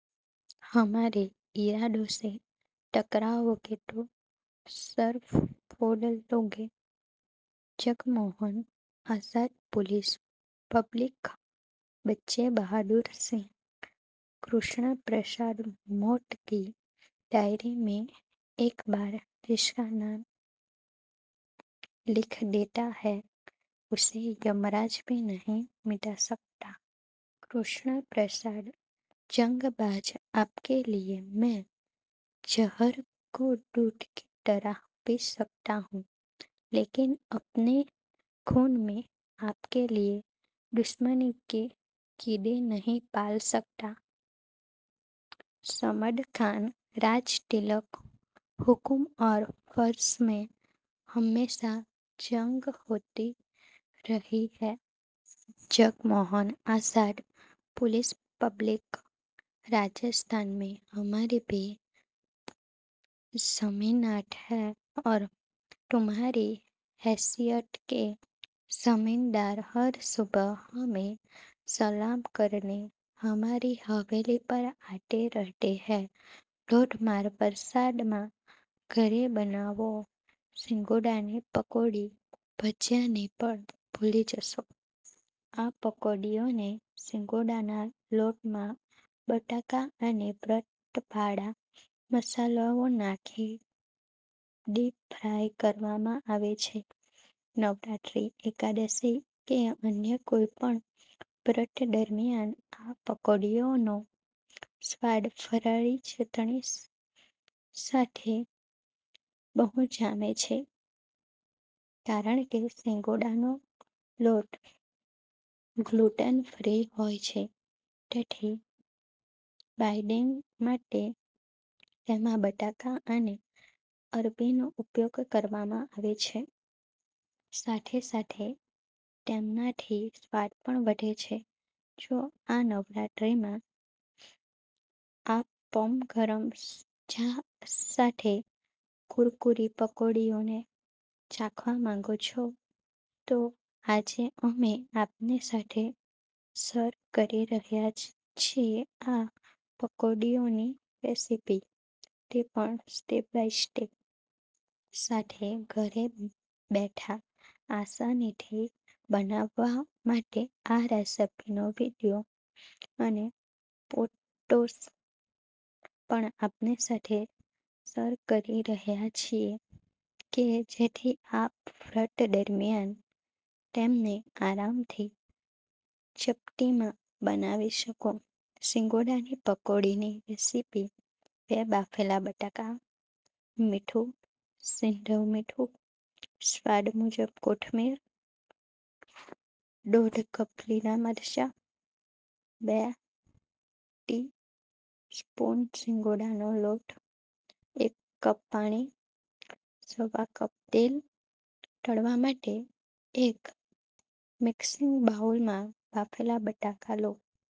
હમારે ઇરાદો સે ટકરાઓગે તો સર ફોડ લોગે. જગમોહન આઝાદ, પુલિસ પબ્લિક બચ્ચે બહાદુર સિંહ, કૃષ્ણ પ્રસાદ મૌત કી ડાયરી મેં એક બાર જિસકા નામ લિખ દેતા હૈ, ઉસે યમરાજ ભી નહીં મિટા સકતા. કૃષ્ણ પ્રસાદ, જંગ બાઝ આપકે લિએ મેં ઝહર કો દૂધ કી તરહ પી સકતા હૂં, લેકિન અપને ખૂન મેં આપકે લિએ દુશ્મની કે કીડે નહીં પાલ સકતા. સમદ ખાન, રાજ તિલક હુકમ ઔર ફર્ઝ મેં હમેશા જંગ હોતી રહી હૈ. જગમોહન આઝાદ, પુલિસ પબ્લિક રાજસ્થાન મેં હમારી ભી ઝમીનાત હૈ ઔર તુમ્હારી હૈસિયત કે ઝમીનદાર હર સુબહ હમે સલામ કરને, હમારી હવેલી પર આતે રહેતે હૈ. ધોધમાર વરસાદમાં ઘરે બનાવો સિંગોડાની પકોડી. ભજીયાને પણ ભૂલી જશો. આ પકોડીઓને સિંગોડાનાં લોટમાં બટાકા અને વ્રત વાળા મસાલાઓ નાંખી ડીપ ફ્રાય કરવામાં આવે છે. નવરાત્રિ, એકાદશી કે અન્ય કોઈ પણ વ્રત દરમિયાન આ પકોડીઓનો સ્વાદ ફરાળી ચટણી સાથે બહુ જામે છે. કારણ કે સિંગોડાનો લોટ ગ્લૂટન ફ્રી હોય છે, તેથી બાઇડિંગ માટે તેમાં બટાકા અને અરબી નો ઉપયોગ કરવામાં આવે છે. સાથે-સાથે તેમનાંથી સ્વાદ પણ વધે છે. જો આ નવરાત્રિમાં આપ પમ ગરમ ચા સાથે કુરકુરી પકોડીઓને ચાખવા માંગો છો, તો આજે અમે આપની સાથે શૅર કરી રહ્યા છીએ આ પકોડીઓની રેસિપી, તે પણ સ્ટેપ બાય સ્ટેપ. સાથે જ ઘેર બેઠા આસાનીથી બનાવવા માટે આ રેસિપીનો વીડિયો અને પોટોસ પણ આપની સાથે શૅર કરી રહ્યા છીએ કે જેથી આપ વ્રત દરમિયાન તેમને આરામથી ચપટીમાં બનાવી શકો. સિંગોડાની પકોડીની રેસિપી બે બાફેલા બટાકા, મીઠું – સિંધવ મીઠું, સ્વાદ મુજબ કોથમીર – દોઢ કપ લીલા મરચા, બે ટી સ્પૂન સિંગોડાનો લોટ, એક કપ પાણી, સવા કપ તેલ, તળવા માટે એક મિક્સિંગ બાઉલમાં બાફેલા બટાકા લો.